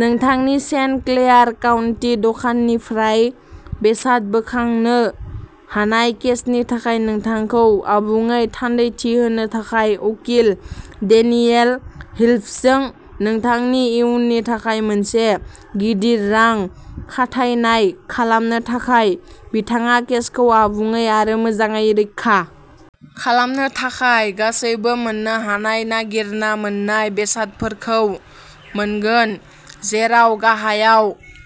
नोंथांनि Saint Clair county दखाननिफ्राय बेसाद बोखांनो हानाय केसनि थाखाय नोंथांखौ आबुङै थान्दैथि होनो थाखाय उकिल डेनियेल हिल्फजों नोंथांनि इयुननि थाखाय मोनसे गिदिर रां खाथायनाय खालामनो थाखाय, बिथाङा केसखौ आबुङै आरो मोजाङै रैखा खालामनो थाखाय गासैबो मोन्नो हानाय नागिरना मोन्नाय बेसादफोरखौ मोनगोन, जेराव गाहायाव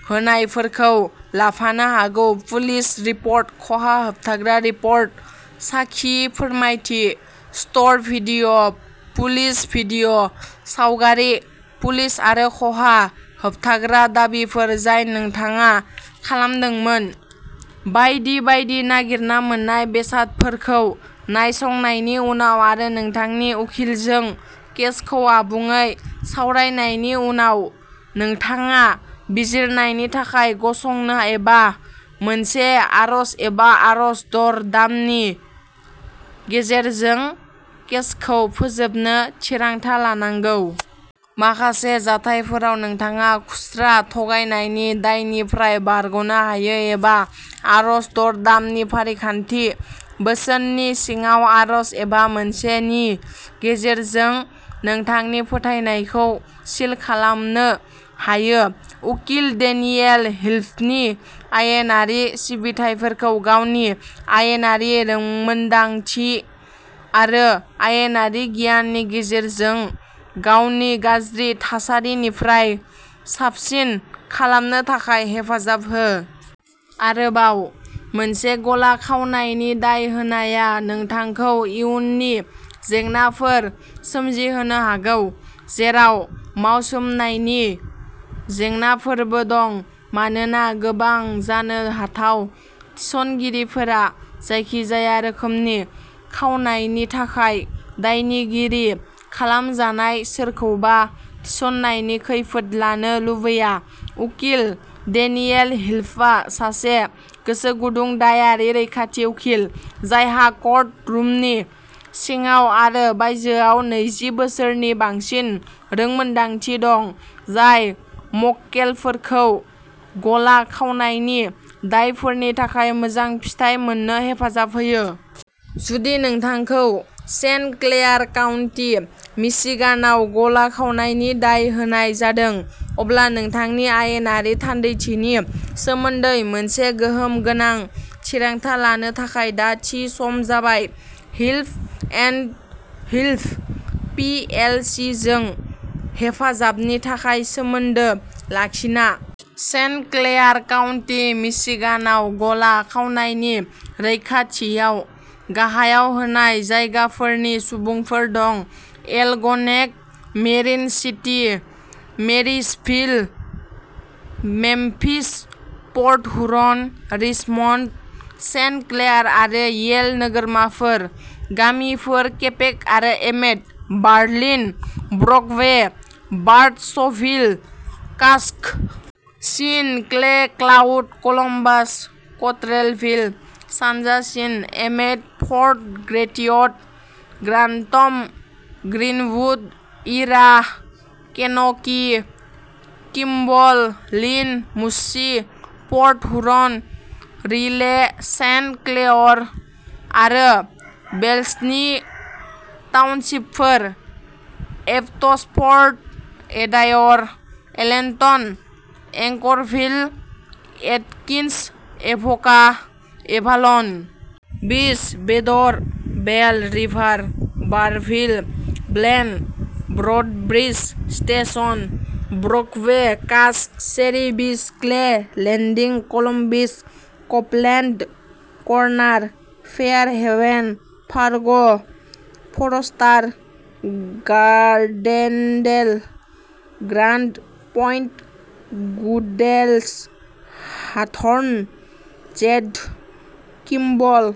होनायफोरखौ लाफानो हागौ पुलिस रिपर्ट, खहा होबथाग्रा रिपर्ट, साखि फोरमायथि, स्ट'र भिडिअ', पुलिस भिडिअ', सावगारि, पुलिस आरो खहा होबथाग्रा दाबिफोर जाय नोंथाङा खालामदोंमोन, बायदि बायदि नागिरना मोन्नाय बेसादफोरखौ नायसंनायनि उनाव आरो नोंथांनि उखिलजों केसखौ आबुङै सावरायनायनि उनाव, नोंथाङा बिजिरनायनि थाखाय गसंनो एबा मोनसे आर'ज एबा आर'ज दर-दामनि गेजेरजों केसखौ फोजोबनो थिरांथा लानांगौ। माखासे जाथायफोराव नोंथाङा खुस्रा थगायनायनि दायनिफ्राय बारग'नो हायो एबा आर'ज दर-दामनि फारिखान्थि, बोसोननि सिङाव आर'ज, एबा मोनसे नि गेजेरजों नोंथांनि फोथायनायखौ सिल खालामनो हायो। उकिल डेनियेल हिल्फनि आयेनारि सिबिथाइफोरखौ गावनि आयेनारि रोंमोनदांथि आरो आयेनारि गियाननि गेजेरजों गावनि गाज्रि थासारिनिफ्राय साबसिन खालामनो थाखाय हेफाजाब हो। आरोबाव, मोनसे गला खावनायनि दाय होनाया नोंथांखौ इयुननि जेंनाफोर सोमजिहोनो हागौ, जेराव मावसोमनायनि जेंनाफोरबो दं, मानोना गोबां जानो हाथाव थिसनगिरिफोरा जायखिजाया रोखोमनि खावनायनि थाखाय दायनिगिरि खालामजानाय सोरखौबा थिसननायनि खैफोद लानो लुबैया। उकिल डेनियेल हिल्फआ सासे गोसोगुदुं दायारि रैखाथि उखिल, जायहा कर्ट रुमनि सिङाव आरो बायजोआव नैजि बोसोरनि बांसिन रोंमोनदांथि दं, जाय मक्केलफोरखौ गला खावनायनि दायफोरनि थाखाय मोजां फिथाय मोननो हेफाजाब होयो। जुदि नोंथांखौ सेन्ट क्लेयार काउन्टि मिशिगानाव गला खावनायनि दाय होनाय जादों, अब्ला नोंथांनि आयेनारि थान्दैथिनि सोमोन्दै मोनसे गोहोम गोनां थिरांथा लानो थाखाय दा थि सम जाबाय Hilf and Hilf, P L C जों हेफाजाबनि थाखाय सोमोन्दो लाखिना। सेन्ट क्लेयार काउन्टि मिशिगानाव गला खावनायनि रैखाथियाव गाहायाव होनाय जायगाफोरनि सुबुंफोर दं Algonac, Marine City, Marysville, Memphis, Port Huron, Richmond, Saint Clair आरो येल नोगोरमाफोर; गामिफोर केपेक आरो Emmett; Berlin, Brockway, Burtchville, Casco ', China, Clay, Clyde, Columbus, Cottrellville, सानजा China, Emmett, Fort Gratiot, Grant Greenwood, Ira, Kenockee, Kimball, Lynn, Mussey, Port Huron, Riley, Saint Clair आरो वेल्सनि टाउनशिपफोर; Abbottsford, Adair, Allenton, Anchorville, Atkins, Avoca, Avalon Beach, Bader, Belle River, Berville, Blaine, Broadbridge Station, Brockway, Casco', Cherry beach, clay Landing, Columbus, Copeland Corner, Fair Haven, Fargo, Forester, Gardendale, Grand Point, Goodells, Hathorn, Jeddo', Kimball,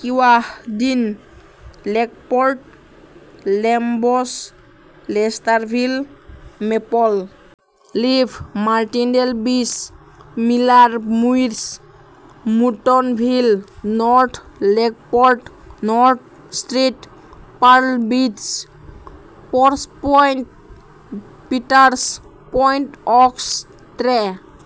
Keewahdin, Lakeport, Lambs, Lesterville, Maple Leaf, Martindale Beach, Miller, Muirs, Muttonville, North Lakeport, North Street, Pearl Beach, Perch Point, Peters, Point Aux tray